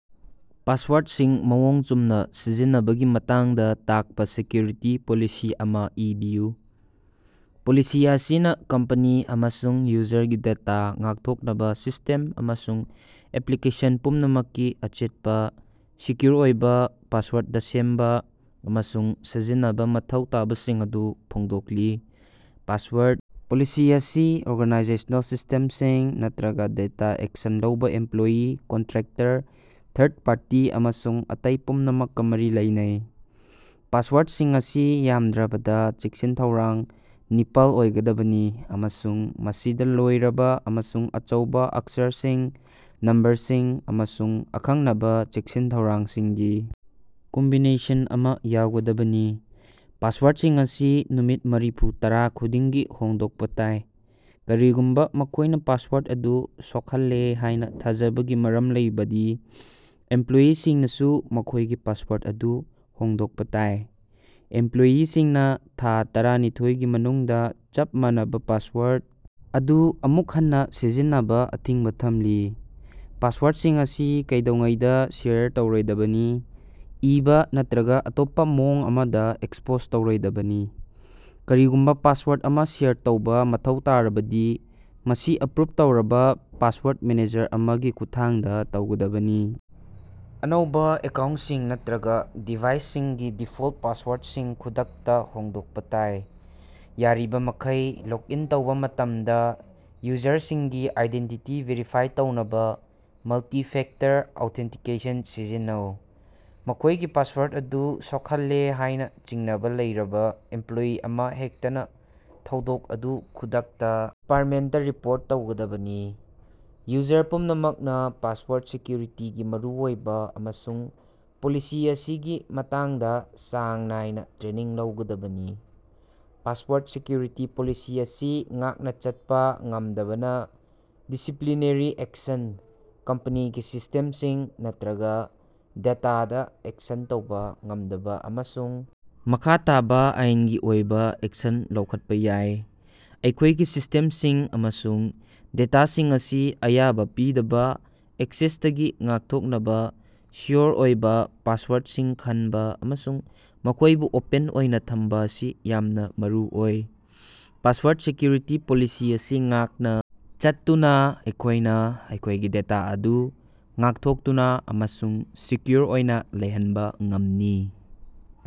ꯄꯥꯁꯋꯥꯔꯠꯁꯤꯡ ꯃꯑꯣꯡ ꯆꯨꯝꯅꯥ ꯁꯤꯖꯤꯟꯅꯕꯒꯤ ꯃꯇꯥꯡꯗꯥ ꯇꯥꯛꯄꯥ ꯁꯦꯀ꯭ꯌꯨꯔꯤꯇꯤ ꯄꯣꯂꯤꯁꯤ ꯑꯃꯥ ꯏꯕꯤꯌꯨ꯫ ꯄꯣꯂꯤꯁꯤ ꯑꯁꯤꯅꯥ ꯀꯝꯄꯦꯅꯤ ꯑꯃꯁꯨꯡ ꯌꯨꯖꯔꯒꯤ ꯗꯦꯇꯥ ꯉꯥꯛꯊꯣꯛꯅꯕꯥ ꯁꯤꯁꯇꯦꯝ ꯑꯃꯁꯨꯡ ꯑꯦꯄ꯭ꯂꯤꯀꯦꯁꯟ ꯄꯨꯝꯅꯃꯛꯀꯤ ꯑꯆꯦꯠꯄꯥ, ꯁꯦꯀ꯭ꯌꯨꯔ ꯑꯣꯏꯕꯥ ꯄꯥꯁꯋꯥꯔꯗ ꯁꯦꯝꯕꯥ ꯑꯃꯁꯨꯡ ꯁꯤꯖꯤꯟꯅꯕꯒꯤ ꯃꯊꯧ ꯇꯥꯕꯁꯤꯡ ꯑꯗꯨ ꯐꯣꯡꯗꯣꯛꯂꯤ꯫ ꯄꯥꯁꯋꯥꯔꯗ ꯄꯣꯂꯤꯁꯤ ꯑꯁꯤ ꯑꯣꯔꯒꯥꯅꯥꯏꯖꯦꯁꯅꯦꯜ ꯁꯤꯁꯇꯦꯝꯁꯤꯡ ꯅꯠꯇ꯭ꯔꯒꯥ ꯗꯦꯇꯥꯗꯥ ꯑꯦꯛꯁꯦꯁ ꯂꯩꯕꯥ ꯏꯝꯄ꯭ꯂꯣꯌꯤ, ꯀꯟꯇ꯭ꯔꯦꯛꯇꯔ, ꯊꯥꯔꯗ ꯄꯥꯔꯇꯤ ꯑꯃꯁꯨꯡ ꯑꯇꯩ ꯄꯨꯝꯅꯃꯛꯀꯥ ꯃꯔꯤ ꯂꯩꯅꯩ꯫ ꯄꯥꯁꯋꯥꯔꯠꯁꯤꯡ ꯑꯁꯤ ꯌꯥꯝꯗ꯭ꯔꯕꯗꯥ ꯆꯦꯛꯁꯤꯟ-ꯊꯧꯔꯥꯡ ꯅꯤꯄꯥꯜ ꯑꯣꯏꯒꯗꯕꯅꯤ ꯑꯃꯁꯨꯡ ꯃꯁꯤꯗꯥ ꯂꯣꯏꯔꯕꯥ ꯑꯃꯁꯨꯡ ꯑꯆꯧꯕꯥ ꯑꯛꯁꯔꯁꯤꯡ, ꯅꯝꯕꯔꯁꯤꯡ ꯑꯃꯁꯨꯡ ꯑꯈꯟꯅꯕꯥ ꯆꯦꯛꯁꯤꯟ-ꯊꯧꯔꯥꯡꯁꯤꯡꯒꯤ ꯀꯝꯕꯤꯅꯦꯁꯟ ꯑꯃꯥ ꯌꯥꯎꯒꯗꯕꯅꯤ꯫ ꯄꯥꯁꯋꯥꯔꯠꯁꯤꯡ ꯑꯁꯤ ꯅꯨꯃꯤꯠ ꯃꯔꯤꯐꯨ ꯇꯔꯥ ꯈꯨꯗꯤꯡꯒꯤ ꯍꯣꯡꯗꯣꯛꯄꯥ ꯇꯥꯏ꯫ ꯀꯔꯤꯒꯨꯝꯕꯥ ꯃꯈꯣꯏꯅꯥ ꯄꯥꯁꯋꯥꯔꯠ ꯑꯗꯨ ꯁꯣꯛꯍꯜꯂꯦ ꯍꯥꯏꯅꯥ ꯊꯥꯖꯕꯒꯤ ꯃꯔꯝ ꯂꯩꯔꯕꯗꯤ ꯏꯝꯄ꯭ꯂꯣꯏꯌꯤꯁꯤꯡꯅꯁꯨ ꯃꯈꯣꯏꯒꯤ ꯄꯥꯁꯋꯥꯔꯠ ꯑꯗꯨ ꯍꯣꯡꯗꯣꯛꯄꯥ ꯇꯥꯏ꯫ ꯏꯝꯄ꯭ꯂꯣꯏꯌꯤꯁꯤꯡꯅꯥ ꯊꯥ ꯇꯔꯥꯅꯤꯊꯣꯏꯒꯤ ꯃꯅꯨꯡꯗꯥ ꯆꯞ ꯃꯥꯟꯅꯕꯥ ꯄꯥꯁꯋꯥꯔꯠ ꯑꯗꯨ ꯑꯃꯨꯛ ꯍꯟꯅꯥ ꯁꯤꯖꯤꯟꯅꯕꯗꯥ ꯑꯊꯤꯡꯕꯥ ꯊꯝꯂꯤ꯫ ꯄꯥꯁꯋꯥꯔꯠꯁꯤꯡ ꯑꯁꯤ ꯀꯩꯗꯧꯉꯩꯗꯥ ꯁꯦꯌꯔ ꯇꯧꯔꯣꯏꯗꯕꯅꯤ, ꯏꯕꯥ ꯅꯠꯇ꯭ꯔꯒꯥ ꯑꯇꯣꯞꯄꯥ ꯃꯑꯣꯡ ꯑꯃꯗꯥ ꯑꯦꯛꯁꯄꯣꯖ ꯇꯧꯔꯣꯏꯗꯕꯅꯤ꯫ ꯀꯔꯤꯒꯨꯝꯕꯥ ꯄꯥꯁꯋꯥꯔꯗ ꯑꯃꯥ ꯁꯦꯌꯥꯔ ꯇꯧꯕꯥ ꯃꯊꯧ ꯇꯥꯔꯕꯗꯤ, ꯃꯁꯤ ꯑꯦꯄ꯭ꯔꯨꯞ ꯇꯧꯔꯕꯥ ꯄꯥꯁꯋꯥꯔꯠ ꯃꯦꯅꯦꯖꯔ ꯑꯃꯒꯤ ꯈꯨꯠꯊꯥꯡꯗꯥ ꯇꯧꯒꯗꯕꯅꯤ꯫ ꯑꯅꯧꯕꯥ ꯑꯦꯀꯥꯎꯟꯁꯤꯡ ꯅꯠꯇ꯭ꯔꯒꯥ ꯗꯤꯚꯥꯏꯁꯁꯤꯡꯒꯤ ꯗꯤꯐꯣꯜ ꯄꯥꯁꯋꯥꯔꯠꯁꯤꯡ ꯈꯨꯗꯛꯇꯥ ꯍꯣꯡꯗꯣꯛꯄꯥ ꯇꯥꯏ꯫ ꯌꯥꯔꯤꯕꯃꯈꯩ, ꯂꯣꯛ ꯏꯟ ꯇꯧꯕꯥ ꯃꯇꯝꯗꯥ ꯌꯨꯖꯔꯁꯤꯡꯒꯤ ꯑꯥꯏꯗꯦꯟꯇꯤꯇꯤ ꯚꯦꯔꯤꯐꯥꯏ ꯇꯧꯅꯕꯥ ꯃꯜꯇꯤꯐꯦꯛꯇꯔ ꯑꯣꯊꯦꯟꯇꯤꯀꯦꯁꯟ ꯁꯤꯖꯤꯟꯅꯧ꯫ ꯃꯈꯣꯏꯒꯤ ꯄꯥꯁꯋꯥꯔꯠ ꯑꯗꯨ ꯁꯣꯛꯍꯜꯂꯦ ꯍꯥꯏꯅꯥ ꯆꯤꯡꯅꯕꯥ ꯂꯩꯔꯕꯥ ꯏꯝꯄ꯭ꯂꯣꯏꯌꯤ ꯑꯃꯍꯦꯛꯇꯅꯥ ꯊꯧꯗꯣꯛ ꯑꯗꯨ ꯈꯨꯗꯛꯇꯥ ꯗꯤꯄꯥꯔꯠꯃꯦꯟꯇꯥ ꯔꯤꯄꯣꯔꯠ ꯇꯧꯒꯗꯕꯅꯤ꯫ ꯌꯨꯖꯔ ꯄꯨꯝꯅꯃꯛꯅꯥ ꯄꯥꯁꯋꯥꯔꯠ ꯁꯦꯀ꯭ꯌꯨꯔꯤꯇꯤꯒꯤ ꯃꯔꯨꯑꯣꯏꯕꯥ ꯑꯃꯁꯨꯡ ꯄꯣꯂꯤꯁꯤ ꯑꯁꯤꯒꯤ ꯃꯇꯥꯡꯗꯥ ꯆꯥꯡ ꯅꯥꯏꯅꯥ ꯇ꯭ꯔꯦꯅꯤꯡ ꯂꯧꯒꯗꯕꯅꯤ꯫ ꯄꯥꯁꯋꯥꯔꯠ ꯁꯦꯀ꯭ꯌꯨꯔꯤꯇꯤ ꯄꯣꯂꯤꯁꯤ ꯑꯁꯤ ꯉꯥꯛꯅꯥ ꯆꯠꯄꯥ ꯉꯝꯗꯕꯅꯥ ꯗꯤꯁꯤꯄ꯭ꯂꯤꯅꯔꯤ ꯑꯦꯛꯁꯟ, ꯀꯝꯄꯅꯤꯒꯤ ꯁꯤꯁꯇꯦꯝꯁꯤꯡ ꯅꯠꯇ꯭ꯔꯒꯥ ꯗꯦꯇꯥꯗꯥ ꯑꯦꯛꯁꯦꯁ ꯇꯧꯕꯥ ꯉꯝꯗꯕꯥ ꯑꯃꯁꯨꯡ ꯃꯈꯥ ꯇꯥꯕꯥ ꯑꯥꯏꯟꯒꯤ ꯑꯣꯏꯕꯥ ꯑꯦꯛꯁꯟ ꯂꯧꯈꯠꯄꯥ ꯌꯥꯏ꯫ ꯑꯩꯈꯣꯏꯒꯤ ꯁꯤꯁꯇꯦꯝꯁꯤꯡ ꯑꯃꯁꯨꯡ ꯗꯦꯇꯥꯁꯤꯡ ꯑꯁꯤ ꯑꯌꯥꯕꯥ ꯄꯤꯗꯕꯥ ꯑꯦꯛꯁꯦꯁꯇꯒꯤ ꯉꯥꯛꯊꯣꯛꯅꯕꯥ ꯁꯦꯀ꯭ꯌꯣꯔ ꯑꯣꯏꯕꯥ ꯄꯥꯁꯋꯥꯔꯠꯁꯤꯡ ꯈꯟꯕꯥ ꯑꯃꯁꯨꯡ ꯃꯈꯣꯏꯕꯨ ꯑꯣꯄꯟ ꯑꯣꯏꯅꯥ ꯊꯝꯕꯥ ꯑꯁꯤ ꯌꯥꯝꯅꯥ ꯃꯔꯨꯑꯣꯏ꯫ ꯄꯥꯁꯋꯥꯔꯗ ꯁꯦꯀ꯭ꯌꯨꯔꯤꯇꯤ ꯄꯣꯂꯤꯁꯤ ꯑꯁꯤ ꯉꯥꯛꯅꯥ ꯆꯠꯇꯨꯅꯥ ꯑꯩꯈꯣꯏꯅꯥ ꯑꯩꯈꯣꯏꯒꯤ ꯗꯦꯇꯥ ꯑꯗꯨ ꯉꯥꯛꯊꯣꯛꯇꯨꯅꯥ ꯑꯃꯁꯨꯡ ꯁꯦꯀ꯭ꯌꯨꯔ ꯑꯣꯏꯅꯥ ꯂꯩꯍꯟꯕꯥ ꯉꯝꯒꯅꯤ꯫